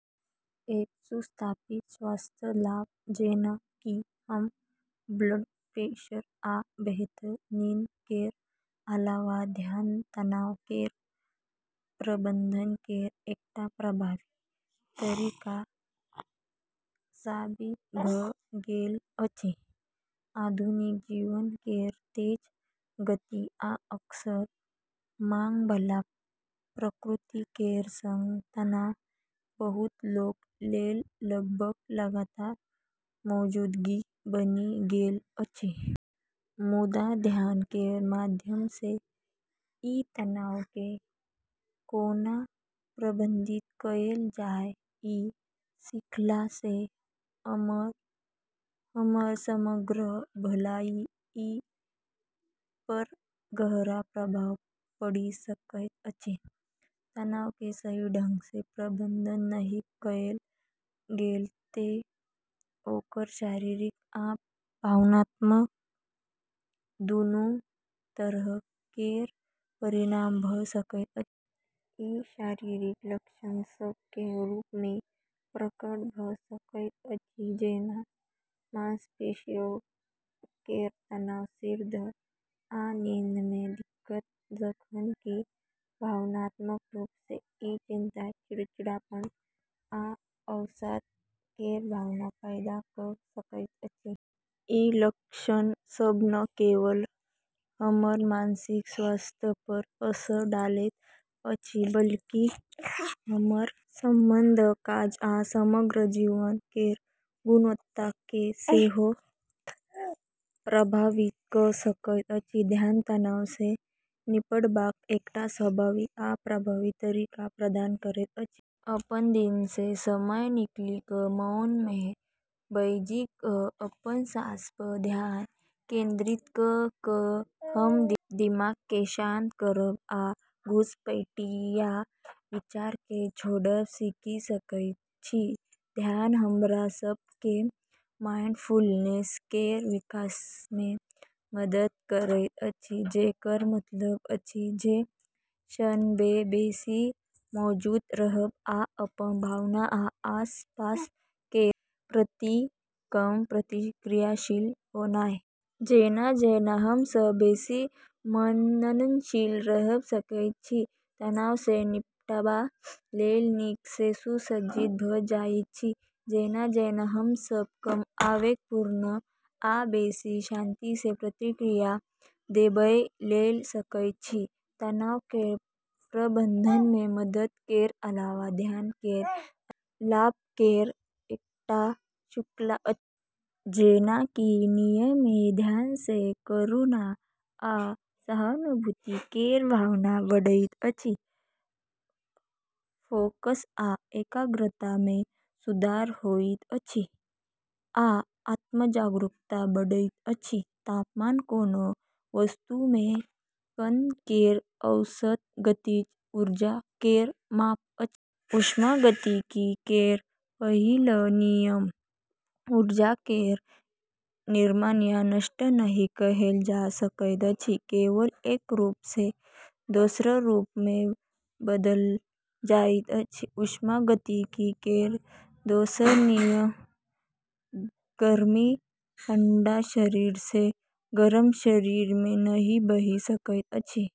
एकर सुस्थापित स्वास्थ्य लाभ, जेना कि कम ब्लड प्रेशर आ बेहतर नींद केर अलावा, ध्यान तनाव केर प्रबंधन केर एकटा प्रभावी तरीका साबित भऽ गेल अछि। आधुनिक जीवन केर तेज गति आ अक्सर मांग बला प्रकृति केर संग तनाव बहुत लोक लेल लगभग लगातार मौजूदगी बनि गेल अछि। मुदा, ध्यान केर माध्यम सँ ई तनाव केँ कोना प्रबंधित कएल जाय, ई सीखला सँ हमर समग्र भलाई पर गहरा प्रभाव पड़ि सकैत अछि। तनाव केँ सही ढंग सँ प्रबंधन नहि कएल गेल तँ ओकर शारीरिक आ भावनात्मक दुनू तरह केर परिणाम भऽ सकैत अछि। ई शारीरिक लक्षण सभ केर रूप मे प्रकट भऽ सकैत अछि जेना मांसपेशियों केर तनाव, सिर दर्द, आ नींद मे दिक्कत, जखन कि भावनात्मक रूप सँ ई चिंता, चिड़चिड़ापन आ अवसाद केर भावना पैदा कऽ सकैत अछि। ई लक्षण सभ न केवल हमर मानसिक स्वास्थ्य पर असर डालैत अछि बल्कि हमर संबंध, काज आ समग्र जीवन केर गुणवत्ता केँ सेहो प्रभावित कऽ सकैत अछि। ध्यान तनाव सँ निपटबाक एकटा स्वाभाविक आ प्रभावी तरीका प्रदान करैत अछि। अपन दिन सँ समय निकालि कऽ मौन मे बैसि कऽ अपन साँस पर ध्यान केंद्रित कऽ कऽ हम दिमाग केँ शांत करब आ घुसपैठिया विचार केँ छोड़ब सीखि सकैत छी। ध्यान हमरा सभ केँ माइंडफुलनेस केर विकास मे मदद करैत अछि, जेकर मतलब अछि जे क्षण मे बेसी मौजूद रहब आ अपन भावना आ आसपास केर प्रति कम प्रतिक्रियाशील होनाय। जेना-जेना हम सभ बेसी मननशील रहब सीखैत छी, तनाव सँ निपटबा लेल नीक सँ सुसज्जित भऽ जाइत छी, जेना-जेना हम सभ कम आवेगपूर्ण आ बेसी शांति सँ प्रतिक्रिया देबय लेल सीखैत छी। तनाव केर प्रबंधन मे मदद केर अलावा, ध्यान केर अन्य लाभ केर एकटा श्रृंखला अछि। जेना कि नियमित ध्यान सँ करुणा आ सहानुभूति केर भावना बढ़ैत अछि, फोकस आ एकाग्रता मे सुधार होइत अछि, आ आत्म-जागरूकता बढ़ैत अछि। तापमान कोनो वस्तु मे कण केर औसत गतिज ऊर्जा केर माप अछि। ऊष्मागतिकी केर पहिल नियम: ऊर्जा केर निर्माण या नष्ट नहि कएल जा सकैत अछि, केवल एक रूप सँ दोसर रूप मे बदलल जाइत अछि। ऊष्मागतिकी केर दोसर नियम: गर्मी ठंडा शरीर सँ गरम शरीर मे नहि बहि सकैत अछि।